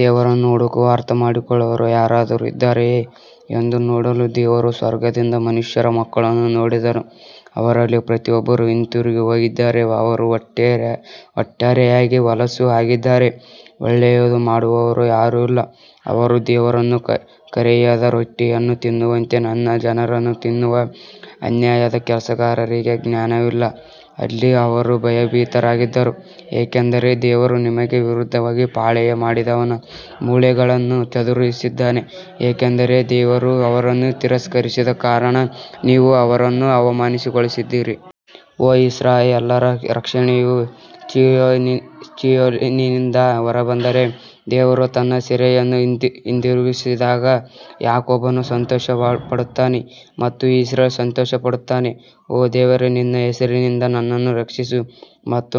ದೇವರನ್ನು ಹುಡುಕುವ ಅರ್ಥಮಾಡಿಕೊಳ್ಳುವವರು ಯಾರಾದರೂ ಇದ್ದಾರೆಯೇ ಎಂದು ನೋಡಲು ದೇವರು ಸ್ವರ್ಗದಿಂದ ಮನುಷ್ಯರ ಮಕ್ಕಳನ್ನು ನೋಡಿದನು ಅವರಲ್ಲಿ ಪ್ರತಿಯೊಬ್ಬರು ಹಿಂತಿರುಗಿ ಹೋಗಿದ್ದಾರೆ ಅವರು ಒಟ್ಟಾರೆಯಾಗಿ ಹೊಲಸು ಆಗಿದ್ದಾರೆ ಒಳ್ಳೆಯದು ಮಾಡುವವರು ಯಾರೂ ಇಲ್ಲ ಅವರು ದೇವರನ್ನು ಕರೆಯದ ರೊಟ್ಟಿಯನ್ನು ತಿನ್ನುವಂತೆ ನನ್ನ ಜನರನ್ನು ತಿನ್ನುವ ಅನ್ಯಾಯದ ಕೆಲಸಗಾರರಿಗೆ ಜ್ಞಾನವಿಲ್ಲ ಅಲ್ಲಿ ಅವರು ಭಯಭೀತರಾಗಿದ್ದರು, ಏಕೆಂದರೆ ದೇವರು ನಿಮಗೆ ವಿರುದ್ಧವಾಗಿ ಪಾಳೆಯ ಮಾಡಿದವನ ಮೂಳೆಗಳನ್ನು ಚದುರಿಸಿದ್ದಾನೆ, ಏಕೆಂದರೆ ದೇವರು ಅವರನ್ನು ತಿರಸ್ಕರಿಸಿದ ಕಾರಣ ನೀವು ಅವರನ್ನು ಅವಮಾನಗೊಳಿಸಿದ್ದೀರಿ. ಓಹ್, ಇಸ್ರಾಯೇಲ್ಯರ ರಕ್ಷಣೆಯು ಚೀಯೋನಿನಿಂದ ಹೊರಬಂದರೆ, ದೇವರು ತನ್ನ ಜನರ ಸೆರೆಯನ್ನು ಹಿಂದಿರುಗಿಸಿದಾಗ ಯಾಕೋಬನು ಸಂತೋಷಪಡುತ್ತಾನೆ ಮತ್ತು ಇಸ್ರೇಲ್ ಸಂತೋಷಪಡುತ್ತಾನೆ. ಓ ದೇವರೇ ನಿನ್ನ ಹೆಸರಿನಿಂದ ನನ್ನನ್ನು ರಕ್ಷಿಸು ಮತ್ತು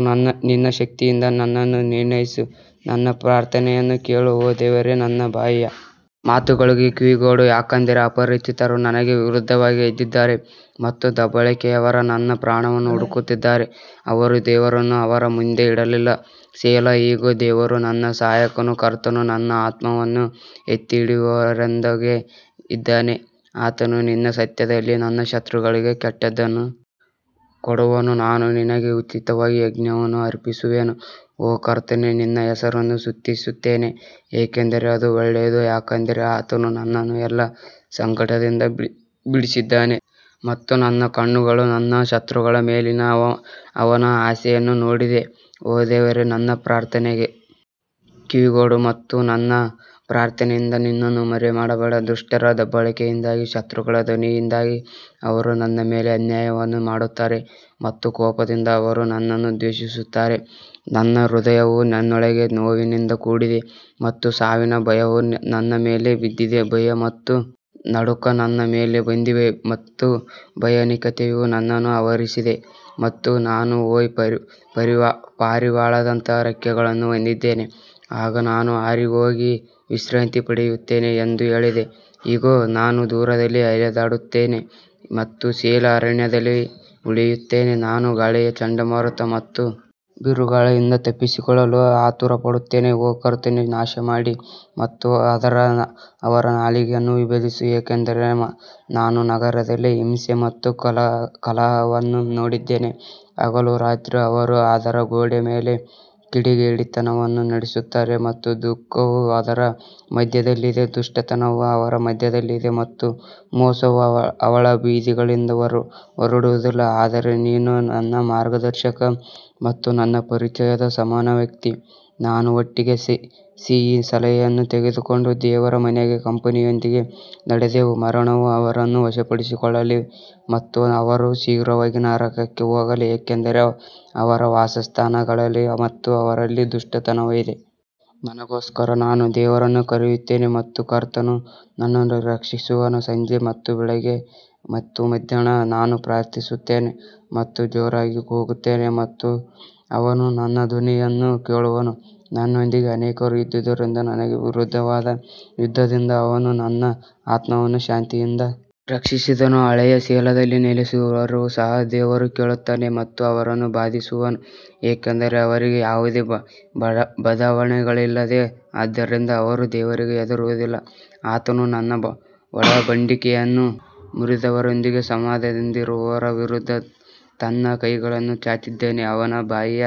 ನಿನ್ನ ಶಕ್ತಿಯಿಂದ ನನ್ನನ್ನು ನಿರ್ಣಯಿಸು ನನ್ನ ಪ್ರಾರ್ಥನೆಯನ್ನು ಕೇಳು ಓ ದೇವರೇ ನನ್ನ ಬಾಯಿಯ ಮಾತುಗಳಿಗೆ ಕಿವಿಗೊಡು ಯಾಕಂದರೆ ಅಪರಿಚಿತರು ನನಗೆ ವಿರುದ್ಧವಾಗಿ ಎದ್ದಿದ್ದಾರೆ ಮತ್ತು ದಬ್ಬಾಳಿಕೆಯವರು ನನ್ನ ಪ್ರಾಣವನ್ನು ಹುಡುಕುತ್ತಿದ್ದಾರೆ ಅವರು ದೇವರನ್ನು ಅವರ ಮುಂದೆ ಇಡಲಿಲ್ಲ ಸೆಲಾ ಇಗೋ, ದೇವರು ನನ್ನ ಸಹಾಯಕನು, ಕರ್ತನು ನನ್ನ ಆತ್ಮವನ್ನು ಎತ್ತಿಹಿಡಿಯುವವರೊಂದಿಗೆ ಇದ್ದಾನೆ ಆತನು ನಿನ್ನ ಸತ್ಯದಲ್ಲಿ ನನ್ನ ಶತ್ರುಗಳಿಗೆ ಕೆಟ್ಟದ್ದನ್ನು ಕೊಡುವನು ನಾನು ನಿನಗೆ ಉಚಿತವಾಗಿ ಯಜ್ಞವನ್ನು ಅರ್ಪಿಸುವೆನು, ಓ ಕರ್ತನೇ ನಿನ್ನ ಹೆಸರನ್ನು ಸ್ತುತಿಸುತ್ತೇನೆ ಏಕೆಂದರೆ ಅದು ಒಳ್ಳೆಯದು ಯಾಕಂದರೆ ಆತನು ನನ್ನನ್ನು ಎಲ್ಲಾ ಸಂಕಟದಿಂದ ಬಿಡಿಸಿದ್ದಾನೆ ಮತ್ತು ನನ್ನ ಕಣ್ಣುಗಳು ನನ್ನ ಶತ್ರುಗಳ ಮೇಲಿನ ಅವನ ಆಸೆಯನ್ನು ನೋಡಿದೆ ಓ ದೇವರೇ ನನ್ನ ಪ್ರಾರ್ಥನೆಗೆ ಕಿವಿಗೊಡು ಮತ್ತು ನನ್ನ ಪ್ರಾರ್ಥನೆಯಿಂದ ನಿನ್ನನ್ನು ಮರೆಮಾಡಬೇಡ ದುಷ್ಟರ ದಬ್ಬಾಳಿಕೆಯಿಂದಾಗಿ ಶತ್ರುಗಳ ಧ್ವನಿಯಿಂದಾಗಿ ಅವರು ನನ್ನ ಮೇಲೆ ಅನ್ಯಾಯವನ್ನು ಮಾಡುತ್ತಾರೆ ಮತ್ತು ಕೋಪದಿಂದ ಅವರು ನನ್ನನ್ನು ದ್ವೇಷಿಸುತ್ತಾರೆ ನನ್ನ ಹೃದಯವು ನನ್ನೊಳಗೆ ನೋವಿನಿಂದ ಕೂಡಿದೆ ಮತ್ತು ಸಾವಿನ ಭಯವು ನನ್ನ ಮೇಲೆ ಬಿದ್ದಿದೆ ಭಯ ಮತ್ತು ನಡುಕ ನನ್ನ ಮೇಲೆ ಬಂದಿವೆ ಮತ್ತು ಭಯಾನಕತೆಯು ನನ್ನನ್ನು ಆವರಿಸಿದೆ ಮತ್ತು ನಾನು ಓಹ್, ಪಾರಿವಾಳದಂತಹ ರೆಕ್ಕೆಗಳನ್ನು ಹೊಂದಿದ್ದೇನೆ, ಆಗ ನಾನು ಹಾರಿಹೋಗಿ ವಿಶ್ರಾಂತಿ ಪಡೆಯುತ್ತೇನೆ ಎಂದು ಹೇಳಿದೆ ಇಗೋ, ನಾನು ದೂರದಲ್ಲಿ ಅಲೆದಾಡುತ್ತೇನೆ ಮತ್ತು ಸೇಲಾ ಅರಣ್ಯದಲ್ಲಿ ಉಳಿಯುತ್ತೇನೆ ನಾನು ಗಾಳಿಯ ಚಂಡಮಾರುತ ಮತ್ತು ಬಿರುಗಾಳಿಯಿಂದ ತಪ್ಪಿಸಿಕೊಳ್ಳಲು ಆತುರಪಡುತ್ತೇನೆ ಓ ಕರ್ತನೇ ನಾಶಮಾಡಿ ಮತ್ತು ಅವರ ನಾಲಿಗೆಯನ್ನು ವಿಭಜಿಸು, ಏಕೆಂದರೆ ನಾನು ನಗರದಲ್ಲಿ ಹಿಂಸೆ ಮತ್ತು ಕಲಹವನ್ನು ನೋಡಿದ್ದೇನೆ ಹಗಲು ರಾತ್ರಿ ಅವರು ಅದರ ಗೋಡೆಗಳ ಮೇಲೆ ಕಿಡಿಗೇಡಿತನವನ್ನು ನಡೆಸುತ್ತಾರೆ ಮತ್ತು ದುಃಖವು ಅದರ ಮಧ್ಯದಲ್ಲಿದೆ ದುಷ್ಟತನವು ಅದರ ಮಧ್ಯದಲ್ಲಿದೆ ಮತ್ತು ಮೋಸವು ಅವಳ ಬೀದಿಗಳಿಂದ ಹೊರಡುವುದಿಲ್ಲ ಆದರೆ ನೀನು ನನ್ನ ಮಾರ್ಗದರ್ಶಕ ಮತ್ತು ನನ್ನ ಪರಿಚಯದ ಸಮಾನ ವ್ಯಕ್ತಿ ನಾವು ಒಟ್ಟಿಗೆ ಸಿಹಿ ಸಲಹೆಯನ್ನು ತೆಗೆದುಕೊಂಡು ದೇವರ ಮನೆಗೆ ಕಂಪನಿಯೊಂದಿಗೆ ನಡೆದೆವು ಮರಣವು ಅವರನ್ನು ವಶಪಡಿಸಿಕೊಳ್ಳಲಿ ಮತ್ತು ಅವರು ಶೀಘ್ರವಾಗಿ ನರಕಕ್ಕೆ ಹೋಗಲಿ, ಏಕೆಂದರೆ ಅವರ ವಾಸಸ್ಥಾನಗಳಲ್ಲಿ ಮತ್ತು ಅವರಲ್ಲಿ ದುಷ್ಟತನವಿದೆ. ನನಗೋಸ್ಕರ ನಾನು ದೇವರನ್ನು ಕರೆಯುತ್ತೇನೆ ಮತ್ತು ಕರ್ತನು ನನ್ನನ್ನು ರಕ್ಷಿಸುವನು ಸಂಜೆ ಮತ್ತು ಬೆಳಿಗ್ಗೆ ಮತ್ತು ಮಧ್ಯಾಹ್ನ ನಾನು ಪ್ರಾರ್ಥಿಸುತ್ತೇನೆ ಮತ್ತು ಜೋರಾಗಿ ಕೂಗುತ್ತೇನೆ ಮತ್ತು ಅವನು ನನ್ನ ಧ್ವನಿಯನ್ನು ಕೇಳುವನು ನನ್ನೊಂದಿಗೆ ಅನೇಕರು ಇದ್ದುದರಿಂದ ನನಗೆ ವಿರುದ್ಧವಾದ ಯುದ್ಧದಿಂದ ಅವನು ನನ್ನ ಆತ್ಮವನ್ನು ಶಾಂತಿಯಿಂದ ರಕ್ಷಿಸಿದನು ಹಳೆಯ ಸೆಲಾದಲ್ಲಿ ನೆಲೆಸಿರುವವರೂ ಸಹ ದೇವರು ಕೇಳುತ್ತಾನೆ ಮತ್ತು ಅವರನ್ನು ಬಾಧಿಸುವನು ಏಕೆಂದರೆ ಅವರಿಗೆ ಯಾವುದೇ ಬದಲಾವಣೆಗಳಿಲ್ಲ, ಆದ್ದರಿಂದ ಅವರು ದೇವರಿಗೆ ಹೆದರುವುದಿಲ್ಲ ಆತನು ತನ್ನ ಒಡಂಬಡಿಕೆಯನ್ನು ಮುರಿದವರೊಂದಿಗೆ ಸಮಾಧಾನದಿಂದಿರುವವರ ವಿರುದ್ಧ ತನ್ನ ಕೈಗಳನ್ನು ಚಾಚಿದ್ದಾನೆ ಅವನ ಬಾಯಿಯ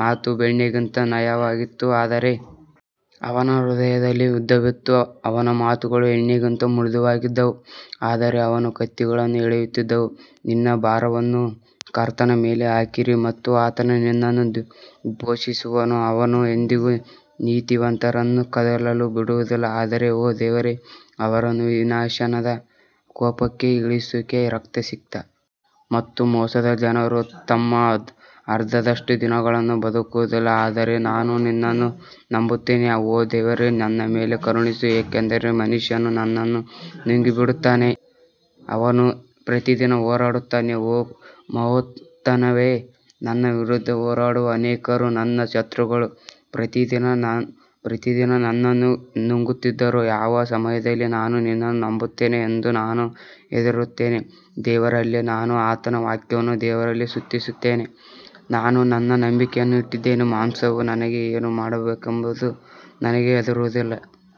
ಮಾತು ಬೆಣ್ಣೆಗಿಂತ ನಯವಾಗಿತ್ತು ಆದರೆ ಅವನ ಹೃದಯದಲ್ಲಿ ಯುದ್ಧವಿತ್ತು ಅವನ ಮಾತುಗಳು ಎಣ್ಣೆಗಿಂತ ಮೃದುವಾಗಿದ್ದವು ಆದರೆ ಅವು ಕತ್ತಿಗಳನ್ನು ಎಳೆಯುತ್ತಿದ್ದವು ನಿನ್ನ ಭಾರವನ್ನು ಕರ್ತನ ಮೇಲೆ ಹಾಕಿರಿ ಮತ್ತು ಆತನು ನಿನ್ನನ್ನು ಪೋಷಿಸುವನು ಅವನು ಎಂದಿಗೂ ನೀತಿವಂತರನ್ನು ಕದಲಲು ಬಿಡುವುದಿಲ್ಲ ಆದರೆ ಓ ದೇವರೇ ಅವರನ್ನು ವಿನಾಶದ ಕೂಪಕ್ಕೆ ಇಳಿಸುವೆ, ರಕ್ತಸಿಕ್ತ ಮತ್ತು ಮೋಸದ ಜನರು ತಮ್ಮ ಅರ್ಧದಷ್ಟು ದಿನಗಳನ್ನು ಬದುಕುವುದಿಲ್ಲ ಆದರೆ ನಾನು ನಿನ್ನನ್ನು ನಂಬುತ್ತೇನೆ ಓ ದೇವರೇ ನನ್ನ ಮೇಲೆ ಕರುಣಿಸು, ಏಕೆಂದರೆ ಮನುಷ್ಯನು ನನ್ನನ್ನು ನುಂಗಿಬಿಡುತ್ತಾನೆ, ಅವನು ಪ್ರತಿದಿನ ಹೋರಾಡುತ್ತಾನೆ ಓ ಮಹೋನ್ನತನೇ, ನನ್ನ ವಿರುದ್ಧ ಹೋರಾಡುವ ಅನೇಕರು ನನ್ನ ಶತ್ರುಗಳು ಪ್ರತಿದಿನ ನನ್ನನ್ನು ನುಂಗುತ್ತಿದ್ದರು ಯಾವ ಸಮಯದಲ್ಲಿ ನಾನು ನಿನ್ನನ್ನು ನಂಬುತ್ತೇನೆ ಎಂದು ನಾನು ಹೆದರುತ್ತೇನೆ ದೇವರಲ್ಲಿ ನಾನು ಆತನ ವಾಕ್ಯವನ್ನು ದೇವರಲ್ಲಿ ಸ್ತುತಿಸುತ್ತೇನೆ ನಾನು ನನ್ನ ನಂಬಿಕೆಯನ್ನು ಇಟ್ಟಿದ್ದೇನೆ ಮಾಂಸವು ನನಗೆ ಏನು ಮಾಡಬಹುದೆಂದು ನಾನು ಹೆದರುವುದಿಲ್ಲ.